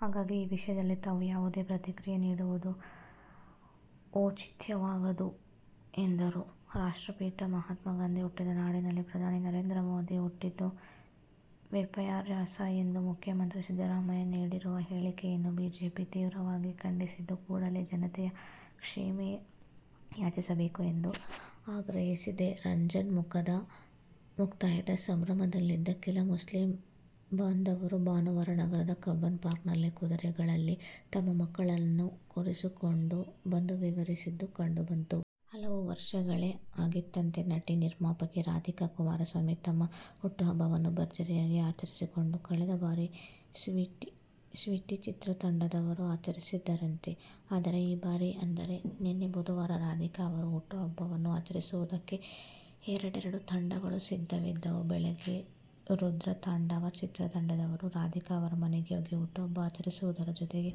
ಹಾಗಾಗಿ, ಈ ವಿಷಯದಲ್ಲಿ ತಾವು ಯಾವುದೇ ಪ್ರತಿಕ್ರಿಯೆ ನೀಡುವುದು ಔಚಿತ್ಯವಾಗದು ಎಂದರು. ರಾಷ್ಟ್ರಪಿತ ಮಹಾತ್ಮ ಗಾಂಧಿ ಹುಟ್ಟಿದ ನಾಡಲ್ಲಿ ಪ್ರಧಾನಿ ನರೇಂದ್ರ ಮೋದಿ ಹುಟ್ಟಿದ್ದು ವಿಪರ್ಯಾಸ ಎಂದು ಮುಖ್ಯಮಂತ್ತಿ ಸಿದ್ದರಾಮಯ್ಯ ನೀಡಿರುವ ಹೇಳಿಕೆಯನ್ನು ಬಿಜೆಪಿ ತೀವ್ರವಾಗಿ ಖಂಡಿಸಿದ್ದು, ಕೂಡಲೇ ಜನತೆಯ ಕ್ಷಮೆಯಾಚಿಸಬೇಕು ಎಂದು ಆಗ್ರಹಿಸಿದೆ. ರಂಜಾನ್ ಮುಕ್ತಾಯದ ಸಂಭ್ರಮದಲ್ಲಿದ್ದ ಕೆಲ ಮುಸ್ಲಿಂ ಬಾಂಧವರು ಭಾನುವಾರ ನಗರದ ಕಬ್ಬನ್ ಪಾರ್ಕ್ನಲ್ಲಿ ಕುದುರೆಗಾಡಿಗಳಲ್ಲಿ ತಮ್ಮ ಮಕ್ಕಳನ್ನು ಕೂರಿಸಿಕೊಂಡು ಬಂದು ವಿಹರಿಸಿದ್ದು ಕಂಡುಬಂತು. ಹಲವು ವರ್ಷಗಳೇ ಆಗಿತ್ತಂತೆ, ನಟಿ-ನಿರ್ಮಾಪಕಿ ರಾಧಿಕಾ ಕುಮಾರಸ್ವಾಮಿ ತಮ್ಮ ಹುಟ್ಟುಹಬ್ಬವನ್ನು ಭರ್ಜರಿಯಾಗಿ ಆಚರಿಸಿಕೊಂಡು. ಕಳೆದ ಬಾರಿ "ಸ್ವೀಟಿ' ಚಿತ್ರತಂಡದವರು ಆಚರಿಸಿದ್ದರಂತೆ. ಆದರೆ, ಈ ಬಾರಿ ಅಂದರೆ ನಿನ್ನೆ ಬುಧವಾರ ರಾಧಿಕಾ ಅವರ ಹುಟ್ಟುಹಬ್ಬವನ್ನು ಆಚರಿಸುವುದಕ್ಕೆ ಎರಡೆರೆಡು ತಂಡಗಳು ಸಿದ್ಧವಿದ್ಧವು. ಬೆಳಿಗ್ಗೆ "ರುದ್ರತಾಂಡವ' ಚಿತ್ರತಂಡದವರು ರಾಧಿಕಾ ಅವರ ಮನೆಗೆ ಹೋಗಿ ಹುಟ್ಟುಹಬ್ಬ ಆಚರಿಸುವುದರ ಜೊತೆಗೆ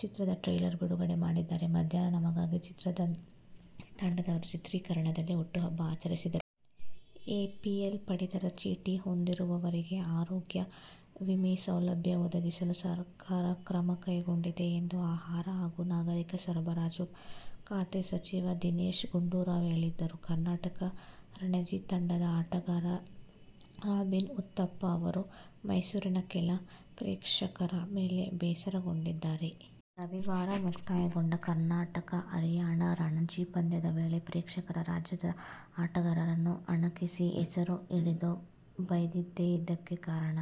ಚಿತ್ರದ ಟ್ರೈಲರ್ ಬಿಡುಗಡೆ ಮಾಡಿದರೆ, ಮಧ್ಯಾಹ್ನ "ನಮಗಾಗಿ' ಚಿತ್ರತಂಡದವರು ಚಿತ್ರೀಕರಣದಲ್ಲಿ ಹುಟ್ಟುಹಬ್ಬ ಆಚರಿಸಿದರು. ಎಪಿಎಲ್ ಪಡಿತರ ಚೀಟಿ ಹೊಂದಿರುವವರಿಗೂ ಆರೋಗ್ಯ ವಿಮೆ ಸೌಲಭ್ಯ ಒದಗಿಸಲು ಸರಕಾರ ಕ್ರಮ ಕೈಗೊಂಡಿದೆ ಎಂದು ಆಹಾರ ಹಾಗೂ ನಾಗರಿಕ ಸರಬರಾಜು ಖಾತೆ ಸಚಿವ ದಿನೇಶ ಗುಂಡೂರಾವ್ ಹೇಳಿದರು. ಕರ್ನಾಟಕ ರಣಜಿ ತಂಡದ ಆಟಗಾರ ರಾಬಿನ್ ಉತ್ತಪ್ಪ ಅವರು ಮೈಸೂರಿನ ಕೆಲ ಪ್ರೇಕ್ಷಕರ ಮೇಲೆ ಬೇಸರಗೊಂಡಿದ್ದಾರೆ. ರವಿವಾರ ಮುಕ್ತಾಯಗೊಂಡ ಕರ್ನಾಟಕ-ಹರಿಯಾಣ ರಣಜಿ ಪಂದ್ಯದ ವೇಳೆ ಪ್ರೇಕ್ಷಕರು ರಾಜ್ಯದ ಆಟಗಾರರನ್ನು ಅಣಕಿಸಿ, ಹೆಸರು ಹಿಡಿದು ಬೈದಿದ್ದೇ ಇದಕ್ಕೆ ಕಾರಣ.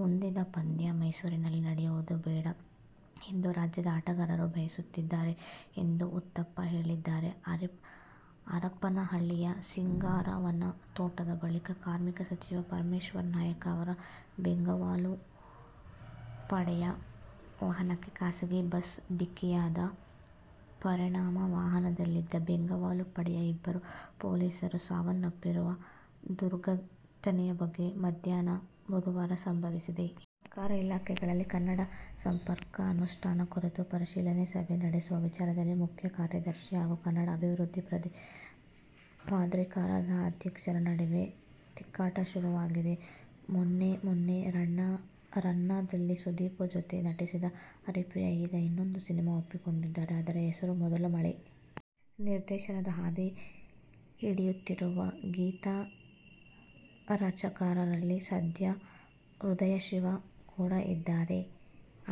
ಮುಂದಿನ ಪಂದ್ಯ ಮೈಸೂರಿನಲ್ಲಿ ನಡೆಯುವುದೇ ಬೇಡ ಎಂದು ರಾಜ್ಯದ ಆಟಗಾರರು ಬಯಸುತ್ತಿದ್ದಾರೆ ಎಂದು ಉತ್ತಪ್ಪ ಹೇಳಿದ್ದಾರೆ. ಹರಪನಹಳ್ಳಿಯ ಸಿಂಗಾರವ್ವನ ತೋಟದ ಬಳಿ ಕಾರ್ಮಿಕ ಸಚಿವ ಪರಮೇಶ್ವರ್ ನಾಯ್ಕ್ ಅವರ ಬೆಂಗಾವಲು ಪಡೆಯ ವಾಹನಕ್ಕೆ ಖಾಸಗಿ ಬಸ್ ಢಿಕ್ಕಿಯಾದ ಪರಿಣಾಮ ವಾಹನದಲ್ಲಿದ್ದ ಬೆಂಗಾವಲು ಪಡೆಯ ಇಬ್ಬರು ಪೊಲೀಸರು ಸಾವನ್ನಪ್ಪಿರುವ ದುರ್ಘ ಟನೆ ಬುಧವಾರ ಮಧ್ಯಾಹ್ನ ಸಂಭವಿಸಿದೆ. ಸರ್ಕಾರಿ ಇಲಾಖೆಗಳಲ್ಲಿ ಕನ್ನಡ ಸಮರ್ಪಕ ಅನುಷ್ಠಾನ ಕುರಿತು ಪರಿಶೀಲನಾ ಸಭೆ ನಡೆಸುವ ವಿಚಾರದಲ್ಲಿ ಮುಖ್ಯ ಕಾರ್ಯದರ್ಶಿ ಹಾಗೂ ಕನ್ನಡ ಅಭಿವೃದ್ಧಿ ಪ್ರಾಧಿಕಾರದ ಅಧ್ಯಕ್ಷರ ನಡುವೆ ತಿಕ್ಕಾಟ ಶುರುವಾಗಿದೆ. ಮೊನ್ನೆ ಮೊನ್ನೆ "ರನ್ನ'ದಲ್ಲಿ ಸುದೀಪ್ ಜೊತೆ ನಟಿಸಿದ ಹರಿಪ್ರಿಯಾ, ಈಗ ಇನ್ನೊಂದು ಸಿನಿಮಾ ಒಪ್ಪಿಕೊಂಡಿದ್ದಾರೆ. ಅದರ ಹೆಸರು "ಮೊದಲ ಮಳೆ'. ನಿರ್ದೇಶನದ ಹಾದಿ ಹಿಡಿಯುತ್ತಿರುವ ಗೀತರಚನಾಕಾರರಲ್ಲಿ ಸದ್ಯ ಹೃದಯಶಿವ ಕೂಡ ಇದ್ದಾರೆ.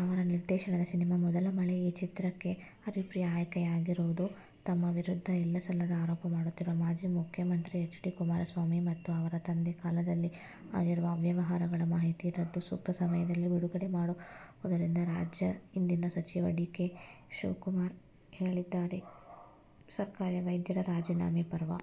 ಅವರ ನಿರ್ದೇಶನದ ಸಿನಿಮಾ "ಮೊದಲ ಮಳೆ'. ಆ ಚಿತ್ರಕ್ಕೆ ಹರಿಪ್ರಿಯಾ ಆಯ್ಕೆಯಾಗಿರೋದು. ತಮ್ಮ ವಿರುದ್ಧ ಇಲ್ಲಸಲ್ಲದ ಆರೋಪ ಮಾಡುತ್ತಿರುವ ಮಾಜಿ ಮುಖ್ಯಮಂತ್ರಿ ಎಚ್. ಡಿ. ಕುಮಾರಸ್ವಾಮಿ ಮತ್ತು ಅವರ ತಂದೆ ಕಾಲದಲ್ಲಿ ಆಗಿರುವ ಅವ್ಯವಹಾರಗಳ ಮಾಹಿತಿ ಇದ್ದು, ಸೂಕ್ತ ಸಮಯದಲ್ಲಿ ಬಿಡುಗಡೆ ಮಾಡುವುದಾಗಿ ರಾಜ್ಯ ಇಂಧನ ಸಚಿವ ಡಿ. ಕೆ. ಶಿವಕುಮಾರ್ ಹೇಳಿದ್ದಾರೆ. ಸರ್ಕಾರಿ ವೈದ್ಯರ ರಾಜೀನಾಮೆ ಪರ್ವ